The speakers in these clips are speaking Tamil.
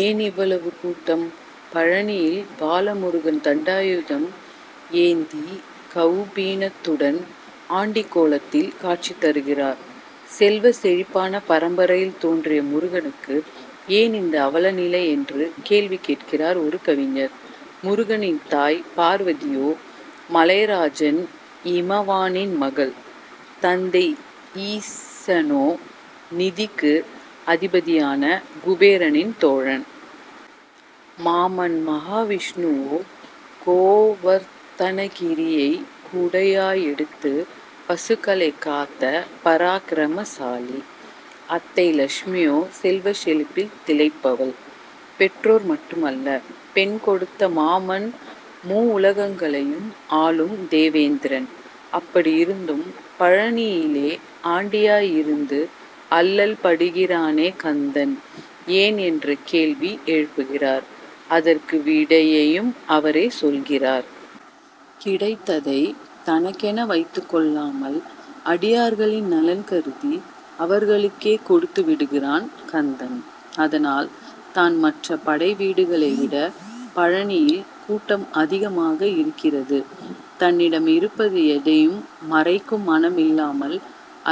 ஏன் இவ்வளவு கூட்டம்? பழநியில் பாலமுருகன் தண்டாயுதம் ஏந்தி கவுபீனத்துடன் ஆண்டிக்கோலத்தில் காட்சி தருகிறார். செல்வச்செழிப்பான பரம்பரையில் தோன்றிய முருகனுக்கு ஏன் இந்த அவலநிலை என்று கேள்வி கேட்கிறார் ஒரு கவிஞர். முருகனின் தாய் பார்வதியோ மலைராஜன் இமவானின் மகள். தந்தை ஈசனோ நிதிக்கு அதிபதியான குபேரனின் தோழன். மாமன் மகாவிஷ்ணுவோ கோவர்த்தனகிரியை குடையாய் எடுத்து பசுக்களைக் காத்த பராக்கிரமசாலி. அத்தை லட்சுமியோ செல்வச் செழிப்பில் திளைப்பவள். பெற்றோர் மட்டுமல்ல. பெண் கொடுத்த மாமன் மூவுலகங்களையும் ஆளும் தேவேந்திரன். அப்படியிருந்தும் பழநியிலே ஆண்டியாய் இருந்து அல்லல்படுகிறானே கந்தன், ஏன் என்ற கேள்வி எழுப்புகிறார். அதற்கு விடையையும் அவரே சொல்கிறார். கிடைத்ததை தனக்கென வைத்துக் கொள்ளாமல் அடியார்களின் நலன் கருதி அவர்களுக்கே கொடுத்து விடுகிறான் கந்தன். அதனால் தான் மற்ற படைவீடுகளை விட பழநியில் கூட்டம் அதிகமாக இருக்கிறது. தன்னிடம் இருப்பது எதையும் மறைக்கும் மனமில்லாமல்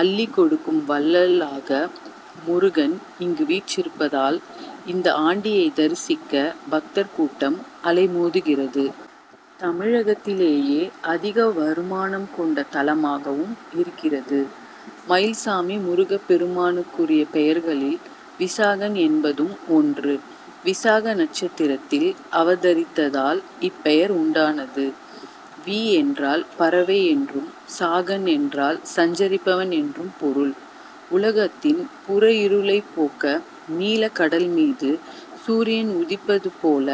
அள்ளிக் கொடுக்கும் வள்ளலாக முருகன் இங்கு வீற்றிருப்பதால், இந்த ஆண்டியைத் தரிசிக்க பக்தர் கூட்டம் அலைமோதுகிறது. தமிழகத்திலேயே அதிக வருமானம் கொண்ட தலமாகவும் இருக்கிறது. மயில் சாமி முருகப்பெருமானுக்குரிய பெயர்களில் விசாகன் என்பதும் ஒன்று. விசாக நட்சத்திரத்தில் அவதரித்ததால் இப்பெயர் உண்டானது. வி என்றால் பறவை என்றும், சாகன் என்றால் சஞ்சரிப்பவன் என்றும் பொருள். உலகத்தின் புறஇருளைப் போக்க நீலக்கடல் மீது சூரியன் உதிப்பதுபோல,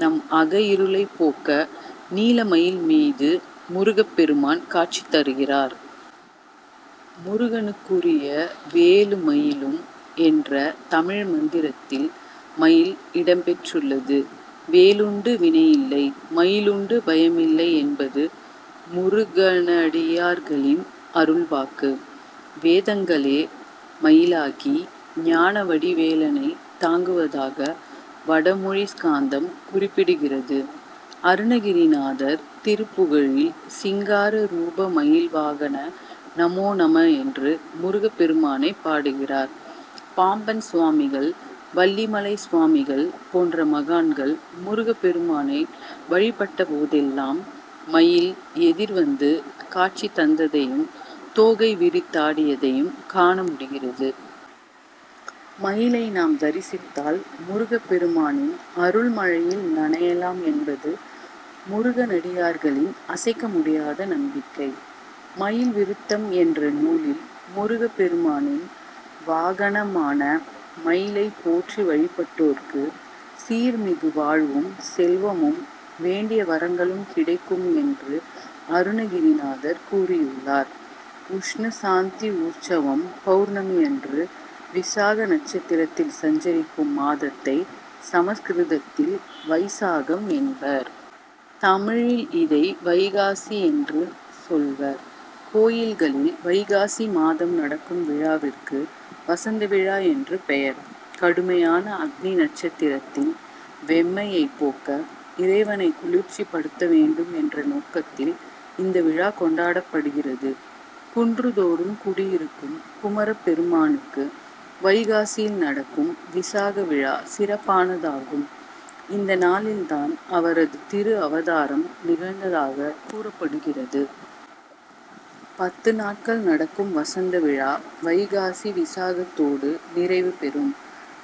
நம் அகஇருளைப் போக்க நீலமயில் மீது முருகப்பெருமான் காட்சி தருகிறார். முருகனுக்குரிய வேலுமயிலும் என்ற தமிழ் மந்திரத்தில் மயில் இடம்பெற்றுள்ளது. வேலுண்டு வினையில்லை! மயிலுண்டு பயமில்லை! என்பது முருகனடியார்களின் அருள்வாக்கு. வேதங்களே மயிலாகி ஞானவடிவேலனைத் தாங்குவதாக வடமொழி ஸ்காந்தம் குறிப்பிடுகிறது. அருணகிரிநாதர் திருப்புகழில் சிங்கார ரூப மயில் வாகன நமோ நம என்று முருகப்பெருமானைப் பாடுகிறார். பாம்பன் சுவாமிகள், வள்ளிமலை சுவாமிகள் போன்ற மகான்கள் முருகப்பெருமானை வழிபட்டபோதெல்லாம், மயில் எதிர்வந்து காட்சி தந்ததையும், தோகை விரித்தாடியதையும் காணமுடிகிறது. மயிலை நாம் தரிசித்தால் முருகப்பெருமானின் அருள்மழையில் நனையலாம் என்பது முருகனடியார்களின் அசைக்க முடியாத நம்பிக்கை. மயில் விருத்தம் என்ற நூலில் முருகப்பெருமானின் வாகனமான மயிலைப் போற்றி வழிபட்டோருக்கு சீர்மிகு வாழ்வும், செல்வமும், வேண்டிய வரங்களும் கிடைக்கும் என்று அருணகிரிநாதர் கூறியுள்ளார். உஷ்ணசாந்தி உற்சவம் பவுர்ணமியன்று விசாக நட்சத்திரத்தில் சஞ்சரிக்கும் மாதத்தை, சமஸ்கிருதத்தில் வைசாகம் என்பர். தமிழில் இதை வைகாசி என்று சொல்வர். கோயில்களில் வைகாசி மாதம் நடக்கும் விழாவிற்கு வசந்தவிழா என்று பெயர். கடுமையான அக்னிநட்சத்திரத்தின் வெம்மையைப் போக்க, இறைவனை குளிர்ச்சிப்படுத்த வேண்டும் என்ற நோக்கத்தில் இந்த விழா கொண்டாடப்படுகிறது. குன்றுதோறும் குடியிருக்கும் குமரப்பெருமானுக்கு வைகாசியில் நடக்கும் விசாகவிழா சிறப்பானதாகும். இந்தநாளில் தான் அவரது திருஅவதாரம் நிகழ்ந்ததாகக் கூறப்படுகிறது. பத்துநாட்கள் நடக்கும் வசந்தவிழா வைகாசி விசாகத்தோடு நிறைவுபெறும்.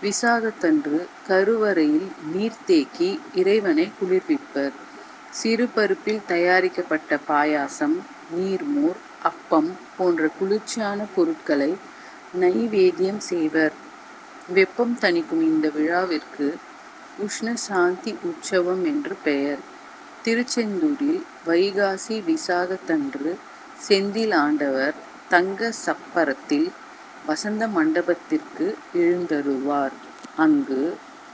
விசாகத்தன்று, கருவறையில் நீர்தேக்கி இறைவனை குளிர்விப்பர். சிறுபருப்பில் தயாரிக்கப்பட்ட பாயாசம், நீர்மோர், அப்பம் போன்ற குளிர்ச்சியான பொருட்களை நைவேத்யம் செய்வர். வெப்பம் தணிக்கும் இந்த விழாவிற்கு உஷ்ணசாந்தி உற்சவம் என்று பெயர். திருச்செந்தூரில் வைகாசிவிசாகத்தன்று செந்திலாண்டவர் தங்கச்சப்பரத்தில் வசந்தமண்டபத்திற்கு எழுந்தருள்வார். அங்கு